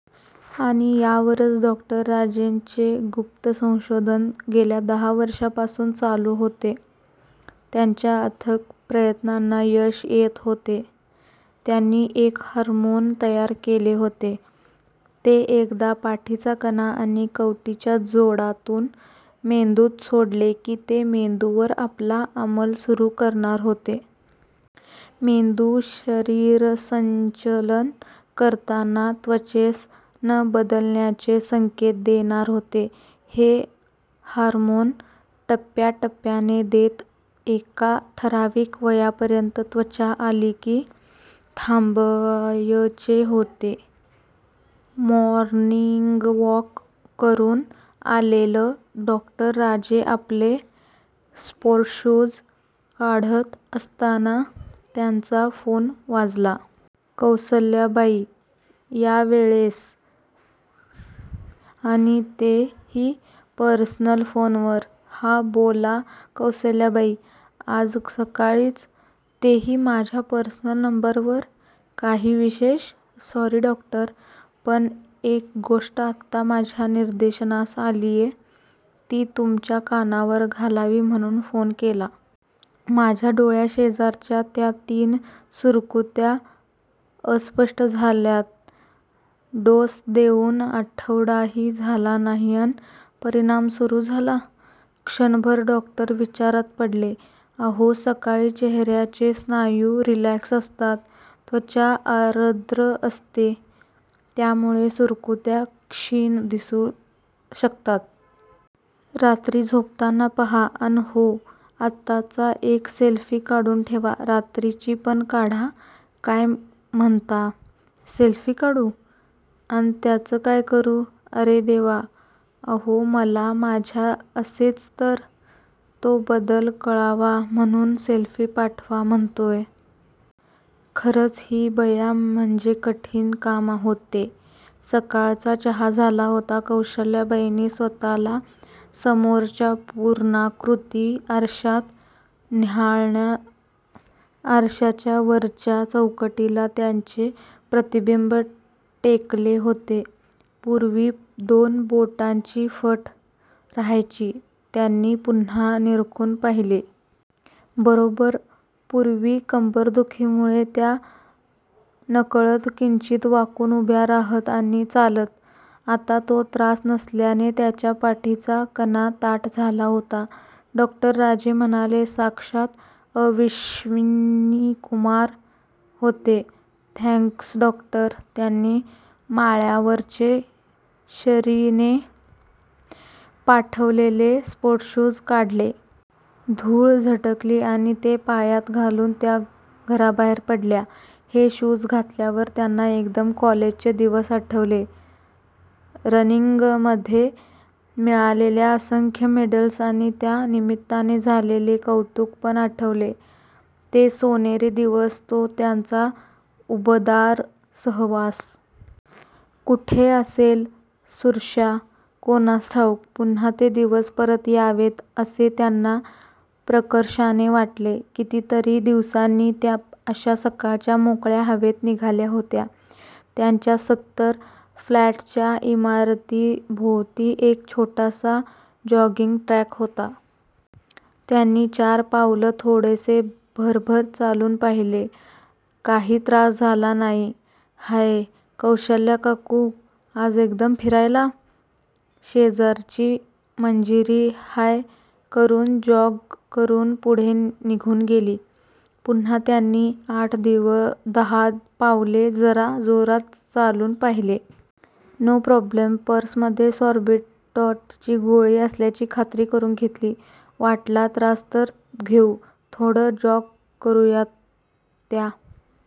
आणि यावरच डॉ. राजेंचे गुप्त संशोधन गेल्या दहा वर्षांपासून चालू होते! त्यांच्या अथक प्रयत्नांना यश येत होते! त्यांनी एक हार्मोन तयार केले होते. ते एकदा पाठीचा कणा आणि कवटीच्या जोडातून मेंदूत सोडले कि ते मेंदूवर आपला आमल सुरु करणार होते. मेंदू शरीरसंचलन करताना, त्वचेस न बदलण्याचे संकेत देणार होते! हे हार्मोन टप्या -टप्याने देत एका ठराविक वया पर्यंत त्वचा आली कि थांबायचे होते. मॉर्निगवॉक करून आलेलं डॉ. राजे आपले स्पोर्टशूज काढत असताना त्यांचा फोन वाजला. कौसल्याबाई? या वेळेस? आणि तेही पर्सनल फोनवर? "हा, बोला कौसल्याबाई. आज सकाळीच? तेही माझ्या पर्सनल नंबरवर? काही विशेष? " "सॉरी डॉक्टर, पण एक गोष्ट आत्ता माझ्या निदर्शनास आलीय. ती तुमच्या कानावर घालावी म्हणून फोन केला. " "माझ्या डोळ्या शेजारच्या त्या तीन सुरकुत्या अस्पष्ट झाल्यात! " डोस देऊन आठवडाही झाला नाही अन परिणाम सुरु झाला? क्षणभर डॉक्टर विचारात पडले. "अहो, सकाळी चेहऱ्याचे स्नायू रिलॅक्स असतात, त्वचा आरद्र असते, त्यामुळे सुरकुत्या क्षीण दिसू शकतात! रात्री झोपताना पहा! अन हो, आत्ताचा एक सेल्फी काढून ठेवा! रात्रीची पण काढा! " "काय म्हणता? सेल्फी काढू? अन त्याच काय करू? " "अरे देवा! अहो मला, झाला असेल तर, तो बदल कळवा, म्हणून सेल्फी पाठवा म्हणतोय! " खरच हि बया म्हणजे कठीण काम होते. सकाळचा चहा झाला होता. कौसल्याबाईंनी स्वतःला समोरच्या पूर्णाकृती आरश्यात न्याहाळलं. आरशाच्या वरच्या चौकटीला त्यांचे प्रतिबिंब टेकले होते. पूर्वी दोन बोटांची फट रहायची! त्यांनी पुन्हा निरखून पहिले. बरोबर! पूर्वी कंबरदुखीमुळे त्या नकळत किंचित वाकून उभ्या राहत आणि चालत. आता तो त्रास नसल्याने त्यांच्या पाठीचा कणा ताठ झाला होता! डॉ. राजे म्हणजे साक्षात 'अश्विनीकुमार' होते! Thanks doctor! त्यांनी माळ्यावरचे, शरीने पाठवलेले स्पोर्टशूज काढले. धूळ झटकली आणि ते पायात घालून त्या घराबाहेर पडल्या. हे शूज घातल्यावर त्यांना एकदम कॉलेजचे दिवस आठवले. रनिंगमध्ये मिळालेली असंख्य मेडल्स आणि त्या निमित्याने झालेले कौतुक पण आठवले! ते सोनेरी दिवस! तो त्याचा उबदार सहवास! कुठे असेल सुरश्या, कोणास ठाऊक? पुन्हा ते दिवस परत यावेत, असे त्यांना प्रकर्षाने वाटले. किती तरी दिवसांनी, त्या अश्या सकाळच्या मोकळ्या हवेत निघाल्या होत्या. त्यांच्या सत्तर फ्लॅटच्या इमारती भोवती एक छोटासा जॉगिंग ट्राक होता. त्यांनी चार पावलं थोडेसे भरभर चालून पहिले. काही त्रास झाला नाही. "हाय, कौशल्यकाकू! आज एकदम फिरायला? " शेजारची मंजिरी, हाय करून जॉग करत पुढे निघून गेली. पुन्हा त्यांनी आठ दहा पावले जरा जोरात चालून पहिले. No problem! पर्स मध्ये सॉरबिटॉटची गोळी असल्याची खात्री करून घेतली. वाटला त्रास तर घेऊ.थोडं जॉग करूयात! त्या